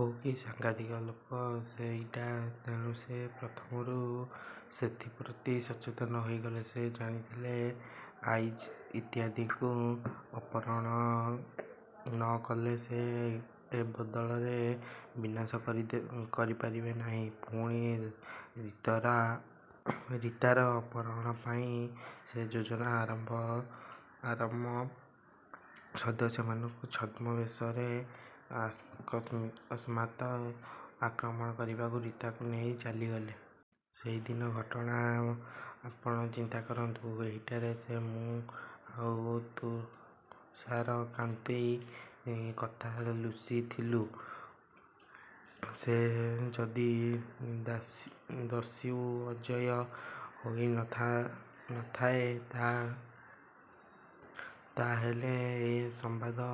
ଓଃ, କି ସାଙ୍ଘାତିକ ଲୋକ ସେଇଟା ତେଣୁ ସେ ପ୍ରଥମରୁ ସେଥିପ୍ରତି ସଚେତନ ହୋଇଗଲେ। ସେ ଜାଣିଥିଲେ, ଆଇ. ଜି. ଇତ୍ୟାଦିଙ୍କୁ ଅପହରଣ ନ କଲେ ସେ ଏ ଦଳର ବିନାଶ କରିପାରିବେ ନାହିଁ। ପୁଣି ରୀତାର ଅପହରଣ ପାଇଁ ସେହି ଯୋଜନା ଆମର ସଦସ୍ୟମାନଙ୍କୁ ଛଦ୍ମବେଶରେ ଅକସ୍ମାତ୍ ଆକ୍ରମଣ କରି ରୀତାକୁ ନେଇ ଚାଲିଗଲା। ସେହି ଦିନର ଘଟଣା ଆପଣ ଚିନ୍ତା କରନ୍ତୁ। ଏହିଠାରେ ସେ, ମୁଁ ଆଉ ତୁଷାରକାନ୍ତି ତଥା ଲୁସି ଥିଲୁ। ସେ ଯଦି ଦସ୍ୟୁ ଅଜୟ ହୋଇ ନ ଥାଏ, ତା ହେଲେ ଏ ସମ୍ବାଦ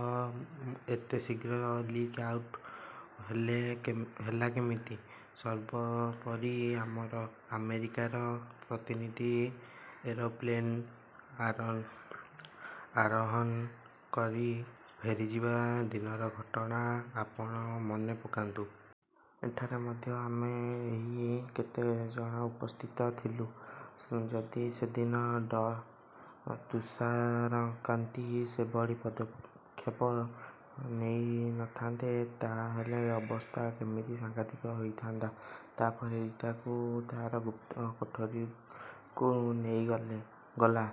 ଏତେ ଶୀଘ୍ର ଲିକ୍ ଆଉଟ୍ ହେଲା କେମିତି? ସର୍ବୋପରି ଆମର ଆମେରିକାର ପ୍ରତିନିଧିଙ୍କ ଏରୋପ୍ଲେନ୍ ଆରୋହଣ କରି ଫେରିଯିବା ଦିନର ଘଟଣା ଆପଣ ମନେ ପକାନ୍ତୁ। ଏଠାରେ ମଧ୍ୟ ଆମେ ଏହି କେତେ ଜଣ ଉପସ୍ଥିତ ଥିଲୁ। ଯଦି ସେଦିନ ଡ: ତୁଷାରକାନ୍ତି ସେଭଳି ପଦକ୍ଷେପ ନେଇ ନ ଥାନ୍ତେ, ତା ହେଲେ ଅବସ୍ଥା କେମିତି ସାଙ୍ଘାତିକ ହୋଇଥାନ୍ତା? ତା ପରେ ରୀତାକୁ ତାର ଗୁପ୍ତ କୋଠରିକୁ ନେଇଗଲା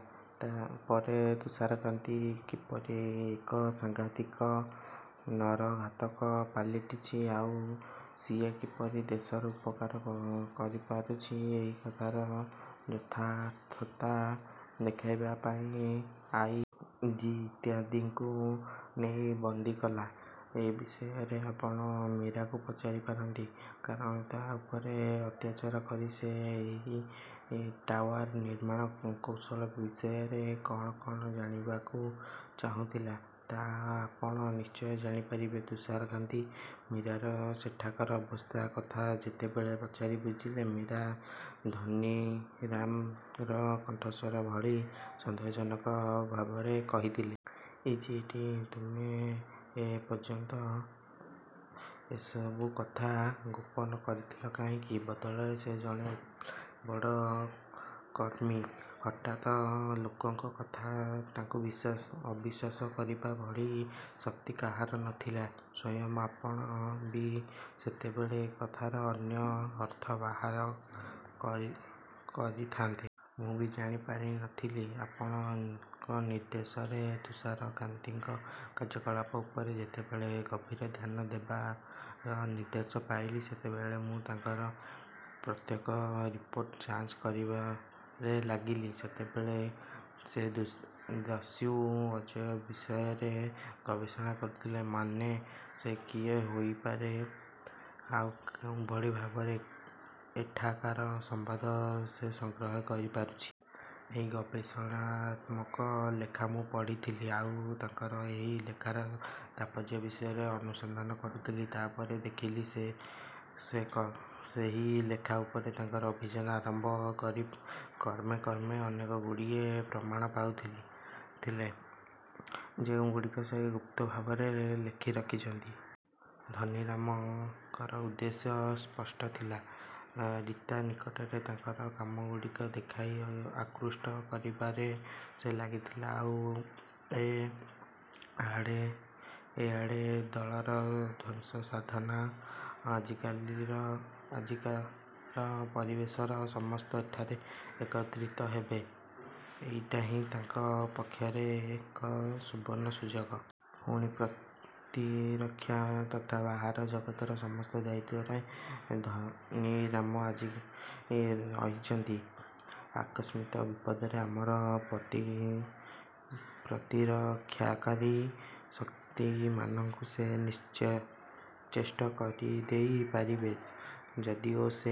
ପରେ ତୁଷାରକାନ୍ତି କିପରି ଏକ ସାଙ୍ଘାତିକ ନରଘାତକ ପାଲଟିଛି, ଆଉ ସିଏ କିପରି ଦେଶର ଉପକାର କରି ପାରୁଛି, ଏହି କଥାର ଯଥାର୍ଥତା ଦେଖାଇବା ପାଇଁ ଆଇ. ଜି. ଇତ୍ୟାଦିଙ୍କୁ ନେଇ ବନ୍ଦୀ କଲା। ଏ ବିଷୟରେ ଆପଣ ମୀରାକୁ ପଚାରି ପାରନ୍ତି। କାରଣ ତା ଉପରେ ଅତ୍ୟାଚାର କରି ସେ ଏହି ଟାୱାର ନିର୍ମାଣ କୌଶଳ ବିଷୟରେ କଣ କଣ ଜାଣିବାକୁ ଚାହୁଁଥିଲା, ତାହା ଆପଣ ନିଶ୍ଚୟ ଜାଣିପାରିବେ। ତୁଷାରକାନ୍ତି ମୀରାର ସେଠାକାର ଅବସ୍ଥା କଥା ଯେତେବେଳେ ପଚାରି ବୁଝିଲେ, ମୀରା ଧନୀରାମ ର କଣ୍ଠସ୍ୱର ଭଳି ସନ୍ଦେହଜନକ ଭାବରେ କହିଥିଲା। Is it! ତୁମେ ଏ ପର୍ଯ୍ୟନ୍ତ ଏସ୍ବୁ କଥା ଗୋପନ କରିଥିଲ କାହିଁକି? ଦଳର ସେ ଜଣେ ଏତେ ବଡ଼ କର୍ମୀ। ହଠାତ୍ ଲୋକଙ୍କ କଥାରେ ତାଙ୍କୁ ଅବିଶ୍ୱାସ କରିବା ଭଳି ଶକ୍ତି କାହାରି ନ ଥିଲା। ସ୍ୱୟଂ ଆପଣ ବି ସେତେବେଳେ ଏ କଥାର ଅନ୍ୟ ଅର୍ଥ ବାହାର କରିଥାନ୍ତେ। ମୁଁ ବି ଜାଣିପାରି ନ ଥିଲି। ଆପଣଙ୍କ ନିର୍ଦ୍ଦେଶରେ ତୁଷାରକାନ୍ତିଙ୍କ କାର୍ଯ୍ୟକଳାପ ଉପରେ ଯେତେବେଳେ ଗଭୀର ଧ୍ୟାନ ଦେବାର ନିର୍ଦ୍ଦେଶ ପାଇଲି, ସେତେବେଳେ ମୁଁ ତାଙ୍କର ପ୍ରତ୍ୟେକ ରିପୋର୍ଟ ଯାଞ୍ଚ କରିବାରେ ଲାଗିଲି। ସେତେବେଳେ ସେ ଦସ୍ୟୁ ଅଜୟ ବିଷୟରେ ଗବେଷଣା କରୁଥିଲେ। ମାନେ, ସେ କିଏ ହୋଇପାରେ ଆଉ କେଉଁଭଳି ଭାବରେ ଏଠାକାର ସମ୍ବାଦ ସେ ସଂଗ୍ରହ କରି ପାରୁଛି। ଏହି ଗବେଷଣାତ୍ମକ ଲେଖା ମୁଁ ପଢ଼ିଥିଲି। ଆଉ ତାଙ୍କର ଏହି ଲେଖାର ତାତ୍ପର୍ଯ୍ୟ ବିଷୟରେ ଅନୁସନ୍ଧାନ କରୁଥିଲି। ତା ପରେ ଦେଖିଲି, ସେ ସେହି ଲେଖା ଉପରେ ତାଙ୍କର ଅଭିଯାନ ଆରମ୍ଭ କରି କ୍ରମେ କ୍ରମେ ଅନେକଗୁଡ଼ିଏ ପ୍ରମାଣ ପାଉଥିଲେ, ଯେଉଁଗୁଡ଼ିକ ସେ ଗୁପ୍ତ ଭାବରେ ଲେଖି ରଖିଛନ୍ତି। ଧନୀରାମ ଙ୍କର ଉଦ୍ଦେଶ୍ୟ ସ୍ପଷ୍ଟ ଥିଲା। ରୀତା ନିକଟରେ ତାଙ୍କର କାମଗୁଡ଼ିକ ଦେଖାଇ ଆକୃଷ୍ଟ କରିବାରେ ସେ ଲାଗିଥିଲେ। ଆଉ ଏ ଆଡ଼େ ଦଳର ଧ୍ୱଂସ ସାଧନ। ଆଜିକାର ପରିବେଶରେ ସମସ୍ତେ ଏଠାରେ ଏକତ୍ରିତ ହେବେ। ଏଇଟା ହିଁ ତାଙ୍କ ପକ୍ଷରେ ଏକ ସୁବର୍ଣ୍ଣ ସୁଯୋଗ। ପୁଣି ପ୍ରତିରକ୍ଷା ତଥା ବାହାର ଜଗତର ସମସ୍ତ ଦାୟିତ୍ୱରେ ଧନୀରାମ ଆଜି ରହିଛନ୍ତି। ଆକସ୍ମିକ ବିପଦରେ ଆମର ପ୍ରତିରକ୍ଷାକାରୀ ଶକ୍ତିମାନଙ୍କୁ ସେ ନିଶ୍ଚେଷ୍ଟ କରିଦେଇ ପାରିବେ। ଯଦିଓ ସେ